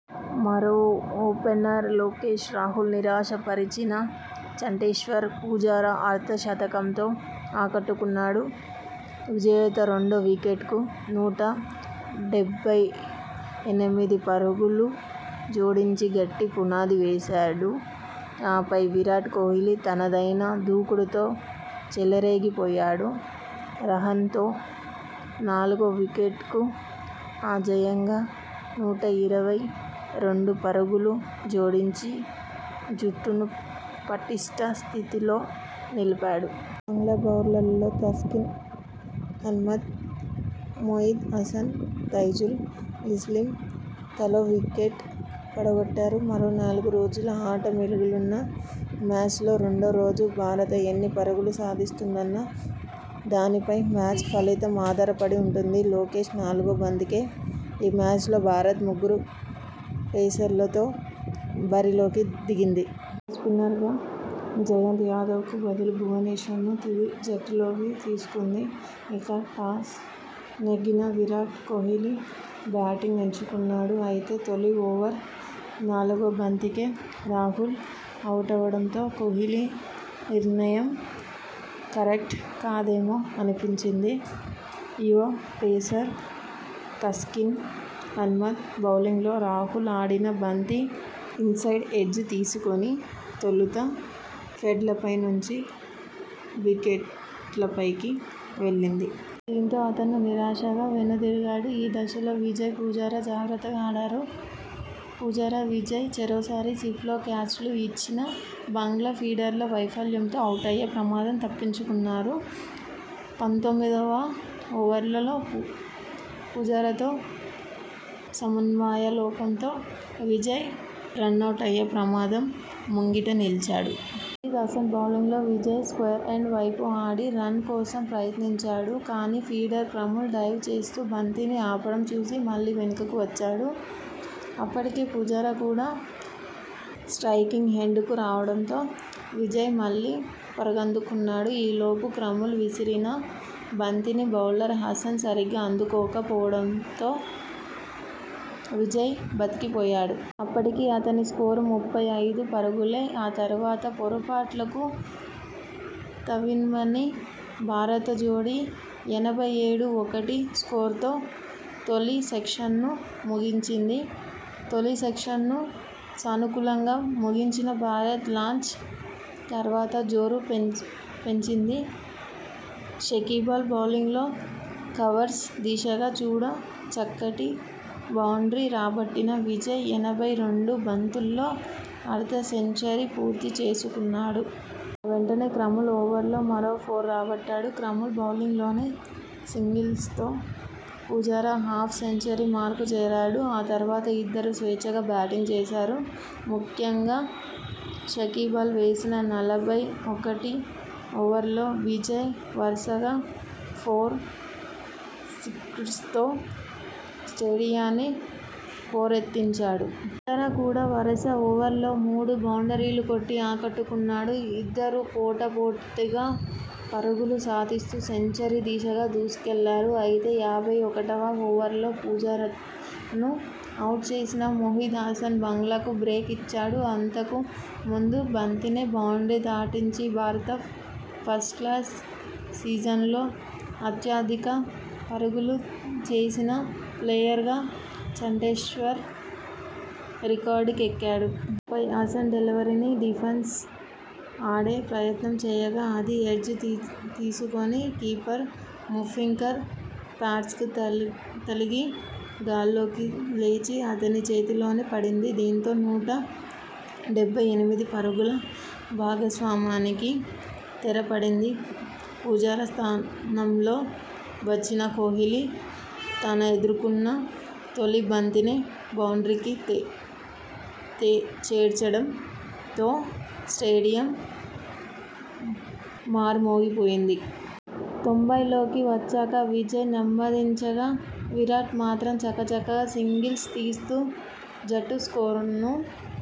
మరో ఓపెనర్ లోకేశ్ రాహుల్ నిరాశ పరిచినా, చటేశ్వర్ పుజారా అర్ధ శతకంతో ఆకట్టుకున్నాడు. విజయ్తో రెండో వికెట్కు నూట డెబ్బై ఎనిమిది పరుగులు జోడించి గట్టి పునాది వేశాడు. ఆపై, విరాట్ కోహ్లీ తనదైన దూకుడుతో చెలరేగి పోయాడు. రహానె తో నాలుగో వికెట్కు అ జేయంగా నూట ఇరవై రెండు పరుగులు జోడించి జుట్టును పటిష్ట స్థితిలో నిలిపాడు. బంగ్లా బౌలర్లలో తస్కిన్ అహ్మద్, మెహ్దీ హసన్, తైజుల్ ఇస్లాం తలో వికెట్ పడ గొట్టారు. మరో నాలుగు రోజుల ఆట మిగిలున్న మ్యాచ్లో రెండో రోజు భారత ఎన్ని పరుగులు సాధిస్తుందన్న దానిపై మ్యాచ్ ఫలితం ఆధారపడి ఉంటుంది! లోకేశ్ నాలుగో బంతికే.. ఈ మ్యాచ్లో భారత్ ముగ్గురు పేసర్లతో బరిలోకి దిగింది. మూడో స్పిన్నర్గా జయంత్ యాదవ్కు బదులు భువనేశ్వర్ను తుది జట్టులోకి తీసుకుంది. ఇక, టాస్ నెగ్గిన విరాట్ కోహ్లీ బ్యాటింగ్ ఎంచుకున్నాడు. అయితే తొలి ఓవర్ నాలుగో బంతికే రాహుల్ అవుటవడంతో కోహ్లీ నిర్ణయం కరెక్ట్ కాదేమో అనిపించింది! యువ పేసర్ తస్కిన్ అహ్మద్ బౌలింగ్లో రాహుల్ ఆడిన బంతి ఇన్సైడ్ ఎడ్జ్ తీసుకుని తొలుత ప్యాడ్లపై నుంచి వికెట్లపైకి వెళ్లింది. దీంతో, అతను నిరాశగా వెను దిరిగాడు. ఈ దశలో విజయ్, పుజారా జాగ్రత్తగా ఆడారు. పుజారా, విజయ్ చెరోసారి స్లిప్లో క్యాచ్లు ఇచ్చినా బంగ్లా ఫీల్డర్ల వైఫల్యంతో అవుటయ్యే ప్రమాదం తప్పించుకున్నారు. పంతొమ్మిదివ ఓవర్లో పుజారాతో సమన్వయ లోపంతో విజయ్ రనౌటయ్యే ప్రమాదం ముంగిట నిలిచాడు. మెహ్దీ హసన్ బౌలింగ్లో విజయ్ స్క్వేర్లెగ్ వైపు ఆడి రన్ కోసం ప్రయత్నించాడు. కానీ, ఫీల్డర్ కమ్రుల్ డైవ్ చేస్తూ బంతిని ఆపడం చూసి మళ్లీ వెనక్కి వచ్చాడు. అప్పటికే పుజారా కూడా స్ట్రయికింగ్ ఎండ్కు రావడంతో విజయ్ మళ్లీ పరుగందుకున్నాడు. ఈ లోపు కమ్రుల్ విసిరిన బంతిని బౌలర్ హసన్ సరిగ్గా అందుకోక పోవడంతో విజయ్ బతికి పోయాడు. అప్పటికి అతని స్కోరు ముప్పై ఐదు పరుగులే. ఆ తర్వాత పొరపాట్లకు తావివ్వని భారత జోడీ ఎనభై ఏడు ,ఒకటి స్కోరుతో తొలి సెషన్ను ముగించింది. తొలిసెషన్ను సానుకూలంగా ముగించిన భారత్ లంచ్ తర్వాత జోరు పెంచ్ పెంచింది. షకీబల్ బౌలింగ్లో కవర్స్ దిశగా చూడ చక్కటి బౌండ్రీ రాబట్టిన విజయ్ ఎనభై రెండు బంతుల్లో అర్ధ సెంచరీ పూర్తి చేసుకున్నాడు. ఆ వెంటనే కమ్రుల్ ఓవర్లో మరో ఫోర్ రాబట్టాడు. కమ్రుల్ బౌలింగ్లోనే సింగిల్తో పుజారా హాఫ్ సెంచరీ మార్కు చేరాడు. ఆ తర్వాత ఇద్దరూ స్వేచ్ఛగా బ్యాటింగ్ చేశారు. ముఖ్యంగా షకీబల్ వేసిన నలభై ఒకటి ఓవర్లో విజయ్ వరుసగా ఫోర్, సిక్సర్తో స్టేడియాన్ని హోరెత్తించాడు. పుజారా కూడా వరుస ఓవర్లలో మూడు బౌండ్రీలు కొట్టి ఆకట్టు కున్నాడు. ఇద్దరూ పోటా పోటీగా పరుగులు సాధిస్తూ సెంచరీ దిశగా దూసుకెళ్లారు. అయితే యాభై ఒకటివ ఓవర్లో పుజారాను అవుట్ చేసిన మెహ్దీ హసన్ బంగ్లాకు బ్రేక్ ఇచ్చాడు. అంతకు ముందు బంతినే బౌండ్రీ దాటించి భారత ఫస్ట్క్లాస్ సీజన్లో అత్యధిక పరుగులు చేసిన ప్లేయర్గా చంటేశ్వర్ రికార్డు కెక్కాడు. ఆపై, హసన్ డెలివరీని డిఫెన్స్ ఆడే ప్రయత్నం చేయగా అది ఎడ్జ్ తీసుకొని కీపర్ ముష్ఫికర్ ప్యాడ్స్కు తగిలి గాల్లోకి లేచి అతని చేతిలోనే పడింది. దీంతో నూట డెబ్బై ఎనిమిది పరుగుల భాగస్వామ్యానికి తెర పడింది. పుజారా స్థానంలో వచ్చిన కోహ్లీ తానెదుర్కొన్న తొలి బంతినే బౌండ్రీకి తే తే చేర్చడంతో స్టేడియం మార్మోగిపోయింది. తొంభైల్లోకి వచ్చాక విజయ్ నెమ్మదించగా, విరాట్ మాత్రం చకచకా సింగిల్స్ తీస్తూ జట్టు స్కోరును